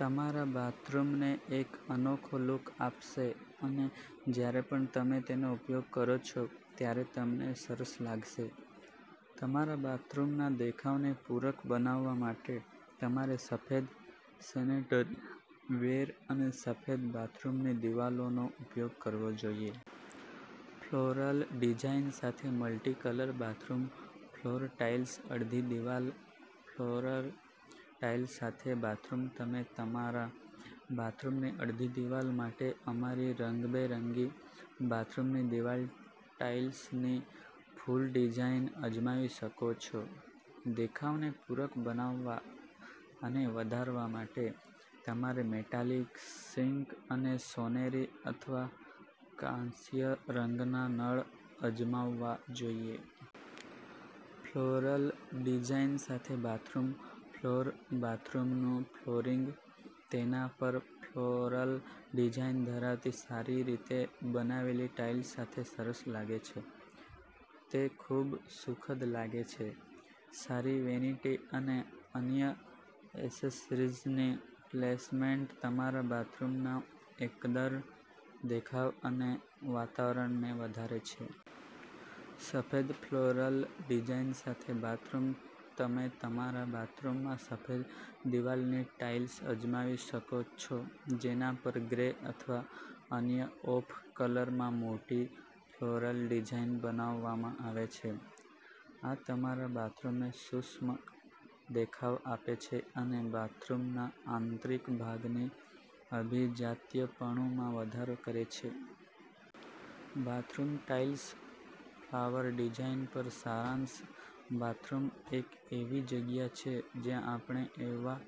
તમારા બાથરૂમને એક અનોખો લુક આપશે અને જ્યારે પણ તમે તેનો ઉપયોગ કરો છો ત્યારે તમને સરસ લાગશે. તમારા બાથરૂમના દેખાવને પૂરક બનાવવા માટે, તમારે સફેદ સેનિટરી વેર અને સફેદ બાથરૂમની દિવાલોનો ઉપયોગ કરવો જોઈએ. ફ્લોરલ ડિઝાઇન સાથે મલ્ટી-કલર બાથરૂમ ફ્લોર ટાઇલ્સ અડધી દિવાલ ફ્લોરલ ટાઇલ્સ સાથે બાથરૂમ તમે તમારા બાથરૂમની અડધી દિવાલ માટે અમારી રંગબેરંગી બાથરૂમની દિવાલ ટાઇલ્સની ફૂલ ડિઝાઇન અજમાવી શકો છો. દેખાવને પૂરક બનાવવા અને વધારવા માટે, તમારે મેટાલિક સિંક અને સોનેરી અથવા કાંસ્ય રંગના નળ અજમાવવા જોઈએ. ફ્લોરલ ડિઝાઇન સાથે બાથરૂમ ફ્લોર બાથરૂમનું ફ્લોરિંગ તેના પર ફ્લોરલ ડિઝાઇન ધરાવતી સારી રીતે બનાવેલી ટાઇલ્સ સાથે સરસ લાગે છે. તે ખૂબસુખદ લાગે છે. સારી વેનિટી અને અન્ય એસેસરીઝની પ્લેસમેન્ટ તમારા બાથરૂમના એકંદર દેખાવ અને વાતાવરણને વધારે છે. સફેદ ફ્લોરલ ડિઝાઇન સાથે બાથરૂમ તમે તમારા બાથરૂમમાં સફેદ દિવાલની ટાઇલ્સ અજમાવી શકો છો, જેના પર ગ્રે અથવા અન્ય ઑફ કલરમાં મોટી ફ્લોરલ ડિઝાઇન બનાવવામાં આવે છે. આ તમારા બાથરૂમને સૂક્ષ્મ દેખાવ આપે છે અને બાથરૂમના આંતરિક ભાગની અભિજાત્યપણુમાં વધારો કરે છે. બાથરૂમ ટાઇલ્સ ફ્લાવર ડિઝાઇન પર સારાંશ બાથરૂમ એક એવી જગ્યા છે જ્યાં આપણે એવા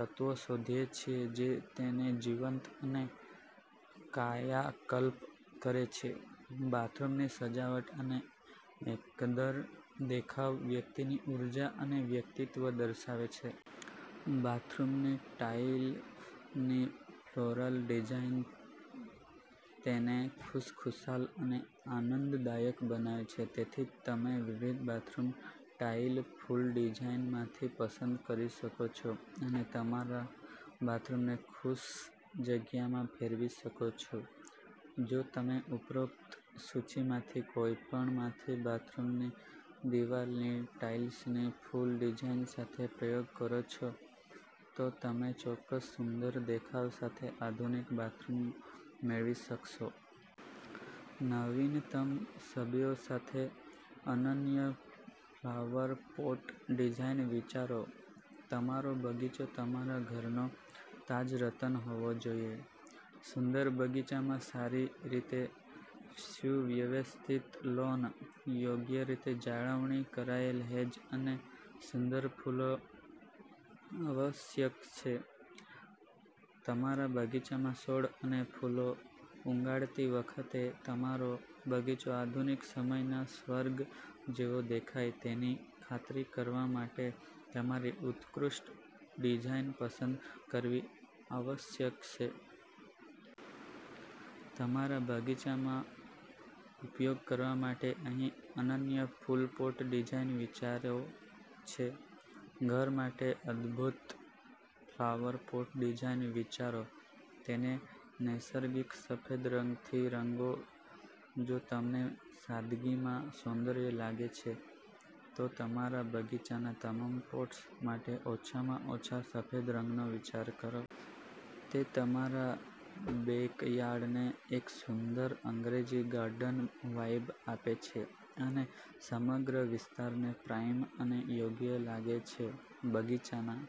તત્વો શોધીએ છીએ જે તેને જીવંત અને કાયાકલ્પ કરે છે. બાથરૂમની સજાવટ અને એકંદર દેખાવ વ્યક્તિની ઊર્જા અને વ્યક્તિત્વ દર્શાવે છે. બાથરૂમની ટાઇલની ફ્લોરલ ડિઝાઇન તેને ખુશખુશાલ અને આનંદદાયક બનાવે છે. તેથી, તમે વિવિધ બાથરૂમ ટાઇલ ફૂલ ડિઝાઇનમાંથી પસંદ કરી શકો છો અને તમારા બાથરૂમને ખુશ જગ્યામાં ફેરવી શકો છો. જો તમે ઉપરોક્ત સૂચિમાંથી કોઈપણમાંથી બાથરૂમની દિવાલની ટાઇલ્સની ફૂલ ડિઝાઇન સાથે પ્રયોગ કરો છો, તો તમે ચોક્કસ સુંદર દેખાવ સાથે આધુનિક બાથરૂમ મેળવી શકશો. નવીનતમ છબીઓ સાથે અનન્ય ફ્લાવર પોટ ડિઝાઇન વિચારો તમારો બગીચો તમારા ઘરનો તાજ રત્ન હોવો જોઈએ. સુંદર બગીચામાં સારી રીતે સુવ્યવસ્થિત લૉન, યોગ્ય રીતે જાળવણી કરાયેલ હેજ અને સુંદર ફૂલો આવશ્યક છે. તમારા બગીચામાં છોડ અને ફૂલો ઉગાડતી વખતે, તમારો બગીચો આધુનિક સમયના સ્વર્ગ જેવો દેખાય તેની ખાતરી કરવા માટે તમારે ઉત્કૃષ્ટ ડિઝાઇન પસંદ કરવી આવશ્યક છે. તમારા બગીચામાં ઉપયોગ કરવા માટે અહીં અનન્ય ફૂલ પોટ ડિઝાઇન વિચારો છે. ઘર માટે અદભૂત ફ્લાવર પોટ ડિઝાઇન વિચારો તેને નૈસર્ગિક સફેદ રંગથી રંગો જો તમને સાદગીમાં સૌંદર્ય લાગે છે, તો તમારા બગીચાના તમામ પોટ્સ માટે ઓછામાં ઓછા સફેદ રંગનો વિચાર કરો. તે તમારા બેકયાર્ડને એક સુંદર અંગ્રેજી ગાર્ડન વાઇબ આપે છે અને સમગ્ર વિસ્તારને પ્રાઇમ અને યોગ્ય લાગે છે. બગીચાના